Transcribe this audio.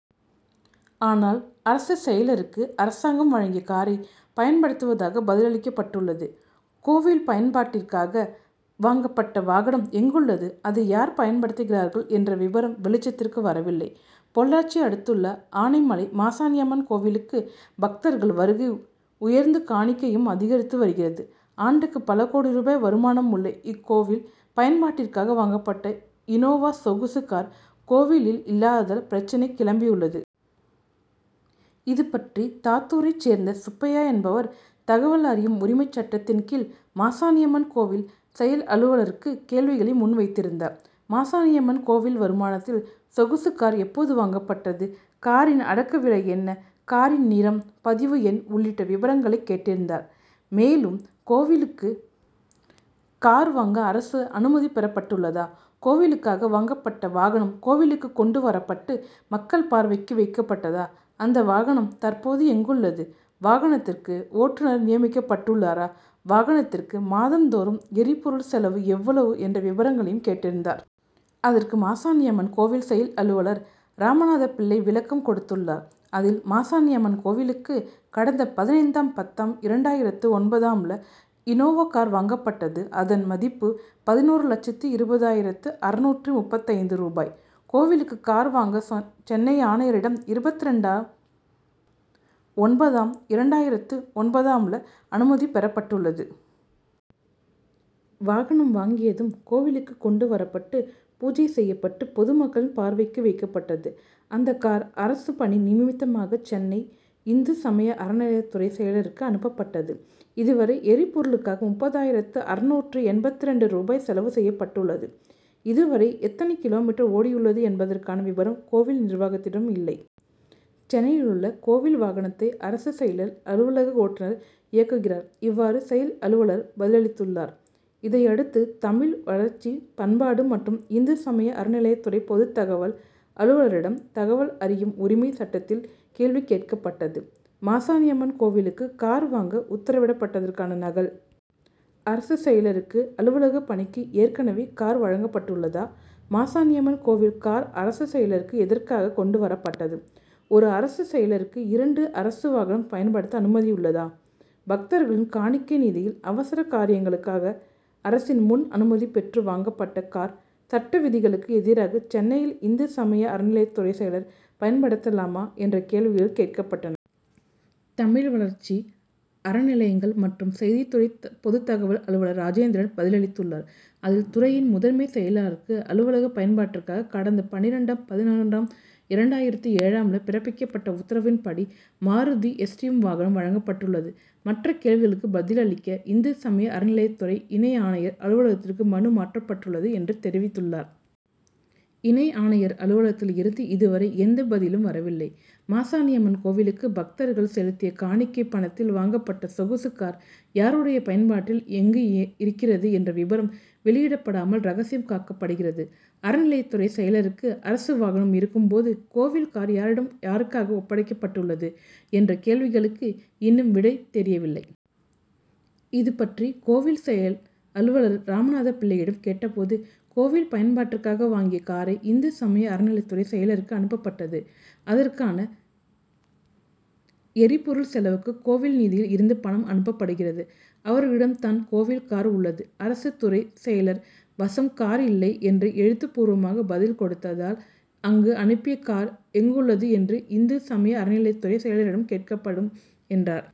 ஆனால், அரசு செயலருக்கு அரசாங்கம் வழங்கிய காரை பயன்படுத்துவதாக பதிலளிக்கப்பட்டுள்ளது. கோவில் பயன்பாட்டிற்காக வாங்கப்பட்ட வாகனம் எங்குள்ளது? அதை யார் பயன்படுத்துகிறார்கள்? என்ற விபரம் வெளிச்சத்திற்கு வரவில்லை. பொள்ளாச்சி அடுத்துள்ள ஆனைமலை மாசாணியம்மன் கோவிலுக்கு பக்தர்கள் வருகை உயர்ந்து காணிக்கையும் அதிகரித்து வருகிறது. ஆண்டுக்கு பல கோடி ரூபாய் வருமானமுள்ள இக்கோவில் பயன்பாட்டிற்காக வாங்கப்பட்ட இனோவா சொகுசு கார், கோவிலில் இல்லாததால் பிரச்னை கிளம்பியுள்ளது. இதுபற்றி தாத்தூரை சேர்ந்த சுப்பையா என்பவர் தகவல் அறியும் உரிமைச்சட்டத்தின் கீழ் மாசாணியம்மன் கோவில் செயல்அலுவலருக்கு கேள்விகளை முன்வைத்திருந்தார். மாசாணியம்மன் கோவில் வருமானத்தில் சொகுசு கார் எப்போது வாங்கப்பட்டது, காரின் அடக்கவிலை என்ன, காரின் நிறம், பதிவு எண் உள்ளிட்ட விபரங்களை கேட்டிருந்தார். மேலும், கோவிலுக்கு கார் வாங்க அரசு அனுமதி பெறப்பட்டுள்ளதா, கோவிலுக்காக வாங்கப்பட்ட வாகனம் கோவிலுக்கு கொண்டு வரப்பட்டு மக்கள் பார்வைக்கு வைக்கப்பட்டதா, அந்த வாகனம் தற்போது எங்குள்ளது, வாகனத்திற்கு ஓட்டுனர் நியமிக்கப்பட்டுள்ளாரா, வாகனத்திற்கு மாதம் தோறும் எரிபொருள் செலவு எவ்வளவு என்ற விபரங்களையும் கேட்டிருந்தார். அதற்கு, மாசாணியம்மன் கோவில் செயல்அலுவலர் ராமநாதபிள்ளை விளக்கம் கொடுத்துள்ளார். அதில், மாசாணியம்மன் கோவிலுக்கு கடந்த பதினைந்தாம் பத்தாம் இரண்டாயிரத்து ஒன்பதாம்ல் இனோவா கார் வாங்கப்பட்டது. அதன் மதிப்பு பதினொரு லட்சத்து இருபதாயிரத்து அறுநூற்று முப்பத்தைந்து ரூபாய். கோவிலுக்கு கார் வாங்க சென்னை ஆணையரிடம் இருபத்திரண்டாம் ஒன்பதாம் இரண்டாயிரத்து ஒன்பதாம்ல் அனுமதி பெறப்பட்டுள்ளது. வாகனம் வாங்கியதும் கோவிலுக்கு கொண்டு வரப்பட்டு பூஜை செய்யப்பட்டு பொதுமக்களின் பார்வைக்கு வைக்கப்பட்டது. அந்த கார் அரசு பணி நிமித்தமாக சென்னை, இந்து சமய அறநிலையத்துறை செயலருக்கு அனுப்பப்பட்டது. இதுவரை எரிபொருளுக்காக முப்பத்தாறாயிரத்து அறுநூற்று எண்பத்திரண்டு ரூபாய் செலவு செய்யப்பட்டுள்ளது. இதுவரை எத்தனை கிலோமீட்டர் ஓடியுள்ளது என்பதற்கான விபரம் கோவில் நிர்வாகத்திடம் இல்லை. சென்னையிலுள்ள கோவில் வாகனத்தை அரசு செயலர் அலுவலக ஓட்டுனர் இயக்குகிறார். இவ்வாறு, செயல்அலுவலர் பதிலளித்துள்ளார். இதையடுத்து, தமிழ் வளர்ச்சி பண்பாடு மற்றும் இந்து சமய அறநிலையத்துறை பொதுத்தகவல் அலுவலரிடம் தகவல் அறியும் உரிமை சட்டத்தில் கேள்வி கேட்கப்பட்டது. மாசாணியம்மன் கோவிலுக்கு கார் வாங்க உத்தரவிடப்பட்டதற்கான நகல், அரசு செயலருக்கு அலுவலக பணிக்கு ஏற்கனவே கார் வழங்கப்பட்டுள்ளதா, மாசாணியம்மன் கோவில் கார் அரசு செயலருக்கு எதற்காக கொண்டு வரப்பட்டது, ஒரு அரசு செயலருக்கு இரண்டு அரசு வாகனம் பயன்படுத்த அனுமதியுள்ளதா, பக்தர்களின் காணிக்கை நிதியில் அவசர காரியங்களுக்காக அரசின் முன் அனுமதி பெற்று வாங்கப்பட்ட கார் சட்டவிதிகளுக்கு எதிராக சென்னையில் இந்து சமய அறநிலையத்துறை செயலர் பயன்படுத்தலாமா என்ற கேள்விகள் கேட்கப்பட்டன. தமிழ் வளர்ச்சி, அறநிலையங்கள் மற்றும் செய்தி துறை பொதுத் தகவல் அலுவலர் ராஜேந்திரன் பதிலளித்துள்ளார். அதில், துறையின் முதன்மை செயலாளருக்கு அலுவலக பயன்பாட்டிற்காக கடந்த பன்னிரண்டாம் பதினொன்றாம் இரண்டாயிரத்து ஏழாம்ல் பிறப்பிக்கப்பட்ட உத்தரவுப்படி மாருதி எஸ்டீம் வாகனம் வழங்கப்பட்டுள்ளது. மற்ற கேள்விகளுக்கு பதிலளிக்க இந்து சமய அறநிலையத்துறை இணை ஆணையர் அலுவலகத்திற்கு மனு மாற்றப்பட்டுள்ளது என்று தெரிவித்துள்ளார். இணை ஆணையர் அலுவலகத்தில் இருந்து இதுவரை எந்த பதிலும் வரவில்லை. மாசாணியம்மன் கோவிலுக்கு பக்தர்கள் செலுத்திய காணிக்கை பணத்தில் வாங்கப்பட்ட சொகுசு கார் யாருடைய பயன்பாட்டில், எங்கு இருக்கிறது என்ற விபரம் வெளியிடப்படாமல் ரகசியம் காக்கப்படுகிறது. அறநிலையத்துறை செயலருக்கு அரசு வாகனம் இருக்கும் போது, கோவில் கார் யாரிடம் யாருக்காக ஒப்படைக்கப்பட்டுள்ளது என்ற கேள்விகளுக்கு இன்னும் விடை தெரியவில்லை. இதுபற்றி கோவில் செயல்அலுவலர் ராமநாதபிள்ளையிடம் கேட்டபோது, கோவில் பயன்பாட்டிற்காக வாங்கிய காரை இந்து சமய அறநிலையத்துறை செயலருக்கு அனுப்பப்பட்டது. அதற்கான எரிபொருள் செலவுக்கு கோவில் நிதியில் இருந்து பணம் அனுப்பப்படுகிறது. அவர்களிடம் தான் கோவில் கார் உள்ளது. அரசு துறை செயலர் வசம் கார் இல்லை என்று எழுத்து பூர்வமாக பதில் கொடுத்தால், அங்கு அனுப்பிய கார் எங்குள்ளது என்று இந்து சமய அறநிலையத்துறை செயலரிடம் கேட்கப்படும் என்றார்.